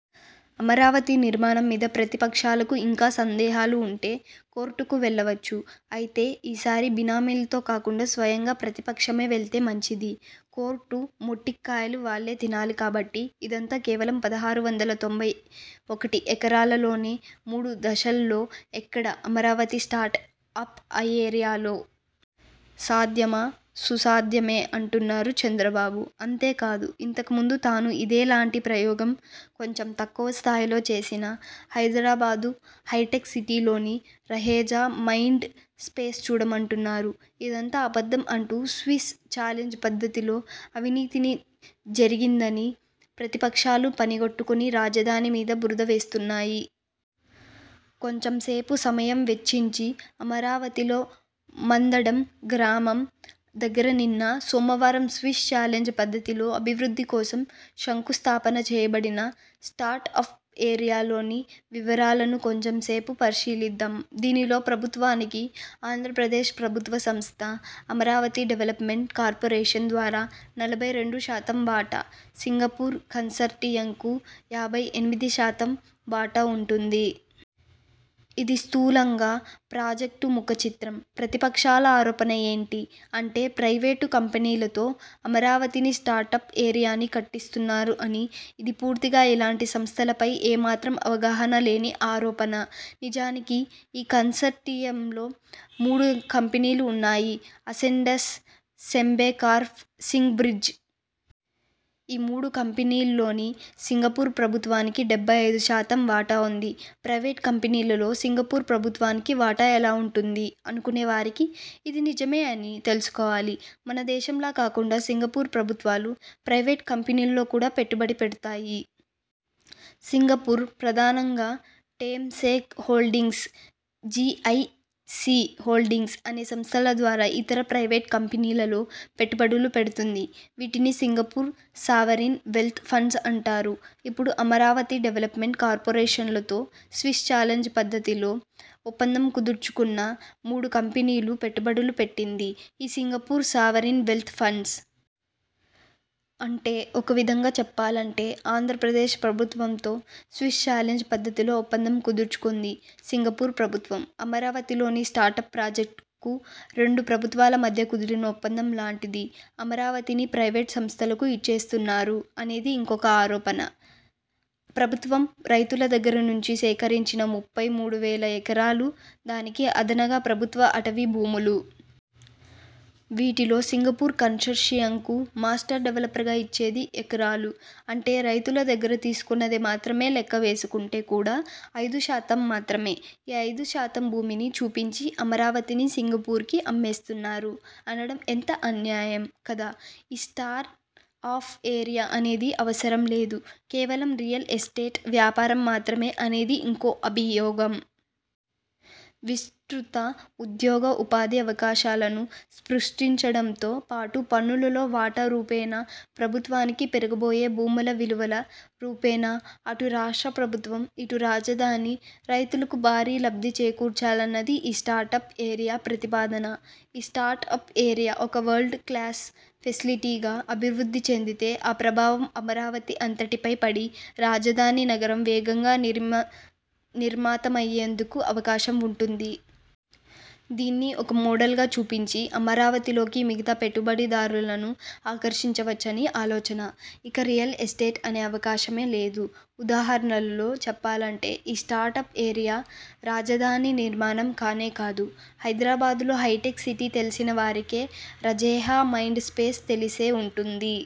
అమరావతి నిర్మాణం మీద ప్రతిపక్షాలకు ఇంకా సందేహాలు వుంటే, కోర్టుకు వెళ్ళవచ్చు. అయితే ఈసారి బినామీలతో కాకుండా, స్వయంగా ప్రతిపక్షమే వెళ్తే మంచిది. కోర్టు మొట్టి కాయలు వాళ్ళే తినాలి కాబట్టి..! ఇదంతా కేవలం పదహారు వందల తొంభై ఒకటిఎకరాల్లోనే! మూడు దశల్లో! ఎక్కడ? అమరావతి స్టార్ట్ అప్ ఆ ఏరియాలో! సాధ్యమా? సుసాధ్యమే అంటున్నారు చంద్రబాబు..! అంతే కాదు, ఇంతకు ముందు తాను ఇదే లాంటి ప్రయోగం, కొంచం తక్కువ స్థాయిలో చేసిన, హైదరాబాదు హైటెక్ సిటీలోని, రహేజా మైండ్ స్పేస్ చూడమంటున్నారు! ఇదంతా అబద్ధం అంటూ స్విస్స్ చాలెంజ్ పద్ధతిలో అవినీతిని జరిగిందని ప్రతిపక్షాలు పనిగట్టుకొని రాజధాని మీద బురద వేస్తున్నాయి. కొంచంసేపు సమయం వెచ్చించి, అమరావతిలో మందడం గ్రామం దగ్గర నిన్న, సోమవారం స్విస్స్ చాలెంజ్ పద్ధతిలో అభివృద్ధి కోసం శంఖు స్థాపన చేయబడిన 'స్టార్ట్ అప్ ఏరియా' లోని వివరాలను కొంచంసేపు పరిశీలిద్దాం. దీనిలో ప్రభుత్వానికి, ఆంధ్రప్రదేశ్ ప్రభుత్వ సంస్థ అమరావతి డెవలప్మెంట్ కార్పరేషన్ ద్వారా నలభై రెండు శాతం వాటా, సింగపూర్ కన్సార్టియంకు యాభై ఎనిమిది శాతం వాటా వుంటుంది. ఇదీ స్థూలంగా ప్రాజెక్టు ముఖ చిత్రం. ప్రతిపక్షాల ఆరోపణ ఏంటి అంటే, ప్రైవేటు కంపెనీలతో అమరావతిని స్టార్ట్ అప్ ఏరియాని కట్టిస్తున్నారు అని. ఇది పూర్తిగా ఇలాంటి సంస్థలపై ఏ మాత్రం అవగాహన లేని ఆరోపణ. నిజానికి ఈ కన్సార్టియంలో మూడు కంపెనీలు వున్నాయి. Ascendas, Sembcorp, Singbridge. ఈ మూడు కంపెనీల్లోని సింగపూర్ ప్రభుత్వానికి డెబ్బై ఐదు శాతం వాటా వుంది. ప్రైవేటు కంపెనీలలో సింగపూర్ ప్రభుత్వానికి వాటా ఎలా వుంటుంది అనుకొనే వారికి, ఇది నిజమే అని తెలుసుకోవాలి. మన దేశంలా కాకుండా సింగపూర్ ప్రభుత్వాలు, ప్రైవేటు కంపెనీల్లో కూడా పెట్టుబడి పెడుతాయి. సింగపూర్ ప్రధానంగా, 'టేమ్సేక్ హోల్డింగ్స్', 'జీఐసి హోల్డింగ్స్' అనే సంస్థల ద్వారా ఇతర ప్రైవేటు కంపనీలలో పెట్టుబడులు పెడుతుంది. వీటిని సింగపూర్ సావరిన్ వెల్త్ ఫండ్స్ అంటారు. ఇప్పుడు అమరావతి డెవలప్మెంట్ కార్పరేషన్లతో స్విస్ చాలెంజ్ పద్ధతిలో ఒప్పదం కుదుర్చుకున్న మూడు కంపెనీలు పెట్టుబడులు పెట్టింది ఈ సింగపూర్ సావరిన్ వెల్త్ ఫండ్స్. అంటే, ఒక విధంగా చెప్పాలంటే, ఆంద్రప్రదేశ్ ప్రభుత్వంతో స్విస్ చాలెంజ్ పద్ధతిలో ఒప్పందం కుదుర్చుకుంది సింగపూర్ ప్రభుత్వం. అమరావతిలోని స్టార్టప్ ప్రాజెక్టుకు రెండు ప్రభుత్వాల మధ్య కుదిరిన ఒప్పందం లాంటిది. అమరావతిని ప్రైవేటు సంస్థలకు ఇచ్చేస్తున్నారు అనేది ఇంకొక ఆరోపణ. ప్రభుత్వం రైతుల దగ్గర నుంచి సేకరించిన ముప్పై మూడు వేల ఎకరాలు, దానికి అదనంగా ప్రభుత్వ అటవీ భూములు. వీటిలో సింగపూర్ కన్సార్షియంకు మాస్టర్ డెవలపర్ గా ఇచ్చేది ఎకరాలు. అంటే, రైతుల దగ్గర తీసుకొన్నది మాత్రమే లెక్క వేసుకొంటే కూడా, ఐదు శాతం మాత్రమే. ఈ అయిదు శాతం భూమిని చూపించి అమరావతిని సింగపూర్ కి అమ్మేస్తున్నారు అనడం ఎంత అన్యాయం కదా. ఈ స్టార్ట్ అప్ ఏరియా అనేది అవసరం లేదు, కేవలం రియల్ ఎస్టేట్ వ్యాపారం మాత్రమే అనేది ఇంకో అభియోగం. విస్తృత ఉద్యోగ, ఉపాధి అవకాశాలను సృష్టించడంతో పాటు పన్నుల్లో వాటా రూపేణా ప్రభుత్వానికి, పెరగబోయే భూముల విలువల రూపేణా అటు రాష్ట్ర ప్రభుత్వం, ఇటు రాజధాని రైతులకు భారీ లబ్ధి చేకూర్చాలన్నది ఈ స్టార్టప్ ఏరియా ప్రతిపాదన. ఈ స్టార్ట్ అప్ ఏరియా ఒక వరల్డ్ క్లాస్ ఫెసిలిటీగా అభివృద్ధి చెందితే, ఆ ప్రభావం అమరావతి అంతటిపై పడి, రాజధాని నగరం వేగంగా నిర్మతమయ్యేందుకు అవకాశం వుంటుంది. దీన్ని ఒక మాడల్ గా చూపించి అమరావతిలోకి మిగతా పెట్టుబడిదారులను ఆకర్షించవచ్చని ఆలోచన. ఇక రియల్ ఎస్టేట్ అనే అవకాశమే లేదు. ఉదాహరణలో చెప్పాలంటే, ఈ స్టార్ట్ అప్ ఏరియా రాజధాని నిర్మాణం కానే కాదు. హైదరాబాదులో హైటెక్ సిటీ తెలిసిన వారికి రహేజా మైండ్ స్పేస్ తెలిసే వుంటుంది.